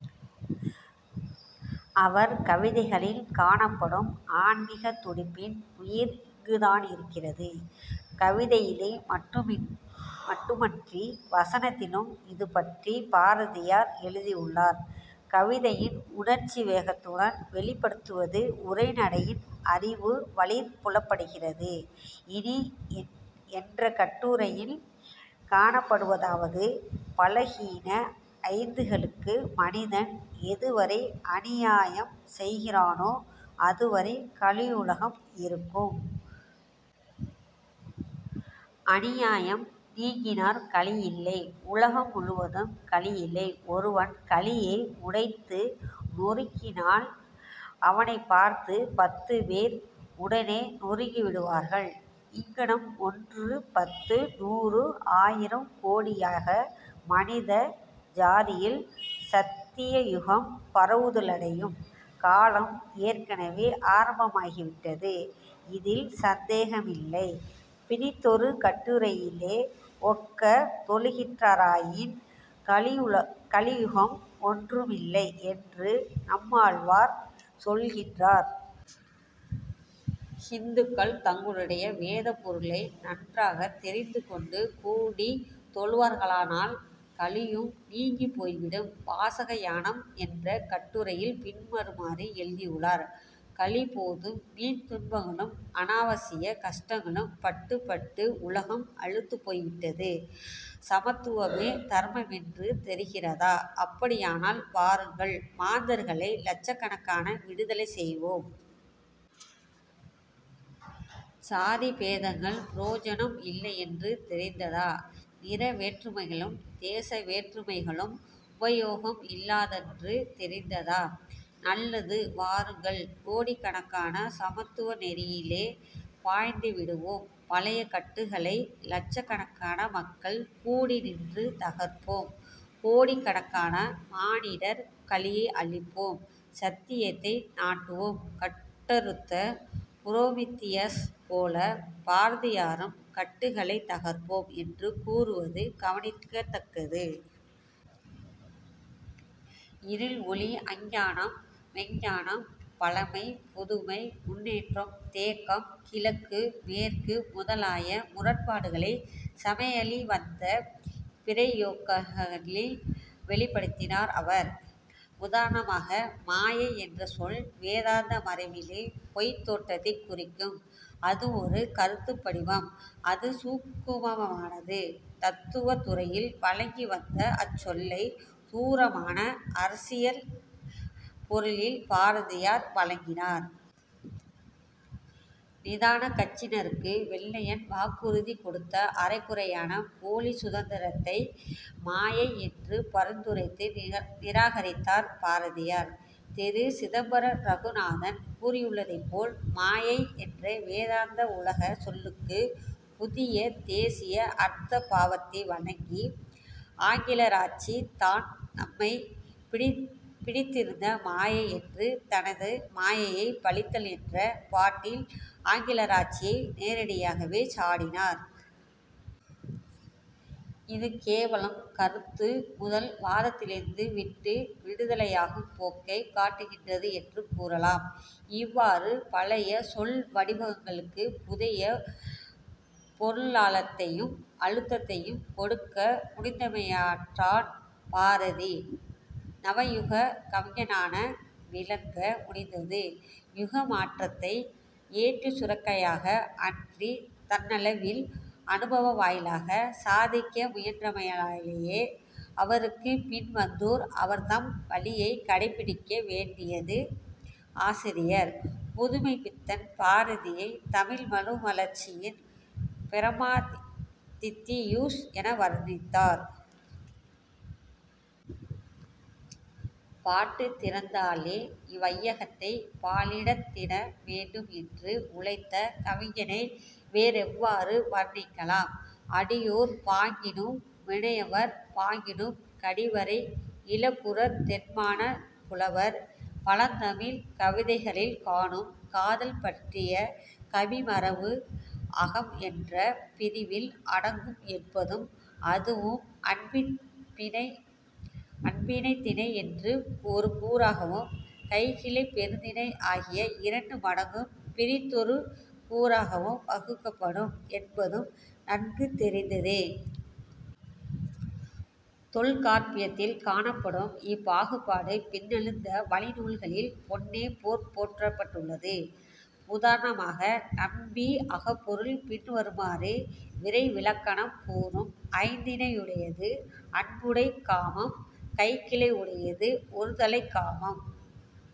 அவர் கவிதைகளிற் காணப்படும் ஆன்மீகத் துடிப்பின் உயிர் இங்குதானிருக்கிறது. கவிதையிலே மட்டுமன்றி வசனத்திலும் இதுபற்றிப் பாரதியார் எழுதியுள்ளார். கவிதையில் உணர்ச்சி வேகத்துடன் வௌிப்படுத்துவது உரை நடையில் அறிவு வழியிற் புலப்படுகிறது. இனி என்ற கட்டுரையில் காணப்படுவதாவது: "பலஹீன ஐந்துக்களுக்கு மனிதன் எதுவரை அநியாயம் செய்கிறானோ அதுவரை கலியுலகம் இருக்கும். அநியாயம் நீங்கினாற் கலியில்லை; உலகம் முழுவதும் கலியில்லை- ஒருவன் கலியை உடைத்து நொறுக்கினால், அவனைப் பார்த்துப் பத்துப்பேர் உடனே நொறுக்கிவிடுவார்கள். இங்ஙனம் ஒன்று, பத்து, நூறு, ஆயிரம், கோடியாக; மனித ஜாதியில் ஸத்யயுகம் பரவுதலடையும் காலம் ஏற்கெனவே ஆரம்பமாகிவிட்டது. இதில் ஸந்தேகமில்லை" பிறிதொரு கட்டுரையிலே, "ஒக்கத் தொழுகிற்றிராயின், கலியுகம் ஒன்று மில்லை" என்று நம்மாழ்வார் சொல்கிறார். ஹிந்துக்கள் தங்களுடைய வேதப் பொருளை நன்றாகத் தெரிந்துகொண்டு கூடித் தொழுவார்களானால், கலியும் நீங்கிப் போய்விடும். " வாசக ஞானம் என்ற கட்டுரையிற் பின்வருமாறு எழுதியுள்ளார்: "கலி போதும்; வீண் துன்பங்களும் அநாவசியக் கஷ்டங்களும் பட்டுப் பட்டு உலகம் அலுத்துப் போய்விட்டது- ஸமத்வமே தர்மமென்று தெரிகிறதா? அப்படியானால் வாருங்கள்: மாந்தர்களை லக்ஷக்கணக்காக விடுதலை செய்வோம். ஜாதி பேதங்கள் பிரயோஜனம் இல்லை என்று தெரிந்ததா? நிற வேற்றுமைகளும் தேச வேற்றுமைகளும் உபயோகம் இல்லாததென்று தெரிந்ததா? நல்லது வாருங்கள். கோடிக்கணக்காக, ஸமத்வ நெறியிலே பாய்ந்துவிடுவோம். பழைய கட்டுகளை லக்ஷக்கணக்கான மக்கள் கூடிநின்று தகர்ப்போம்:... கோடிக்காணக்கான மானிடர்... கலியை அழிப்போம். ஸத்யத்தை நாட்டுவோம்" கட்டறுத்த புரோமித்தியஸ் போல பாரதியாரும் "கட்டுக்களைத் தகர்ப்போம்" என்று கூறுவது கவனிக்கத்தக்கது. இருள்-ஒளி, அஞ்ஞானம் மெய்ஞ்ஞானம், பழமை-புதுமை, முன்னேற்றம்-தேக்கம், கிழக்கு-மேற்கு, முதலாய முரண்பாடுகளைச் சமய ழிவந்த பிரயோகங்களில் வௌிப்படுத்தினார் அவர். உதாரணமாக மாயை என்ற சொல் வேதாந்த மரபிலே பொய்த் தோற்றத்தைக் குறிக்கும்; அது ஒரு கருத்துப் படிவம்; அது சூக்குமமானது. தத்துவத் துறையில் வழங்கி வந்த அச் சொல்லைத் தூரமான அரசியற் பொருளில் பாரதியார் வழங்கினார். நிதானக் கட்சியினருக்கு வெள்ளையன் வாக்குறுதி கொடுத்த அரைகுறையான போலிச் சுதந்தரத்தை மாயை என்று பரித்துரைத்து நிராகரித்தார் பாரதியார். திரு. சிதம்பர ரகுநாதன் கூறியுள்ளதைப் போல, "மாயை என்ற வேதாந்த உலகச் சொல்லுக்கு, புதிய தேசிய அர்த்த பாவத்தை வழங்கி, ஆங்கிலேயராட்சி தான் நம்மைப் பீடித்திருந்த மாயை" என்று தனது மாயையைப் பழித்தல் என்ற பாட்டில் ஆங்கிலேயராட்சியை நேரடியாகவே சாடினார். இது கேவலம் கருத்து முதல் வாதத்திலிருந்து விட்டு விடுதலையாகும் போக்கைக் காட்டுகின்றது என்று கூறலாம். இவ்வாறு பழைய சொல்வடிவங்களுக்குப் புதிய பொருளாழத்தையும் அழுத்தத்தையும் கொடுக்க முடிந்தமையாற்றான் பாரதி நவயுகக் கவிஞனாக விளங்க முடிந்தது. யுக மாற்றத்தை ஏட்டுச்சுரைக்காயாக அன்றித் தன்னளவில் அநுபவ வாயிலாகச் சாதிக்க முயன்றமையாலேயே அவருக்குப் பின் வந்தோர் அவர் தம் வழியைக் கடைப்பிடிக்க வேண்டியது ஆசிரியர் புதுமைப்பித்தன் பாரதியைத் "தமிழ் மறுமலர்ச்சியின் பிராமதித்தியூஸ்" என வருணித்தார். 'பாட்டுத் திறத்தாலே இவ்கையத்தைப் பாலித்திட வேண்டும்' என்று உழைத்த கவிஞனை வேறெவ்வாறு வருணிக்கலாம்? "அடியோர் பாங்கினும் வினைவலர் பாங்கினும் கடிவரை இலபுறத் தென்மனார்புலவர்" பழந் தமிழ்க் கவிதைகளிற் காணும் காதல் பற்றிய கவிமரபு அகம் என்ற பிரிவில் அடங்கும் என்பதும், அதுவும் அன்பினைந்திணை என்று ஒரு கூறாகவும் கைக்கிளை பெருந்திணை ஆகிய இரண்டு மடங்கும் பிறிதொரு கூறாகவும் வகுக்கப்படும் என்பதும் நன்கு தெரிந்ததே. தொல்காப்பியத்திற் காணப்படும் இப்பாகுபாடு பின்னெழுந்த வழிநூல்களில் பொன்னே போற் போற்றப்பட்டுள்ளது. உதாரணமாக, நம்பி அகப்பொருள் பின்வருமாறு விரைவிலக்கணம் கூறும்: "ஐந்திணை யுடையது அன்புடைக் காமம்" "கைக்கிளை யுடையது ஒருதலைக் காமம்"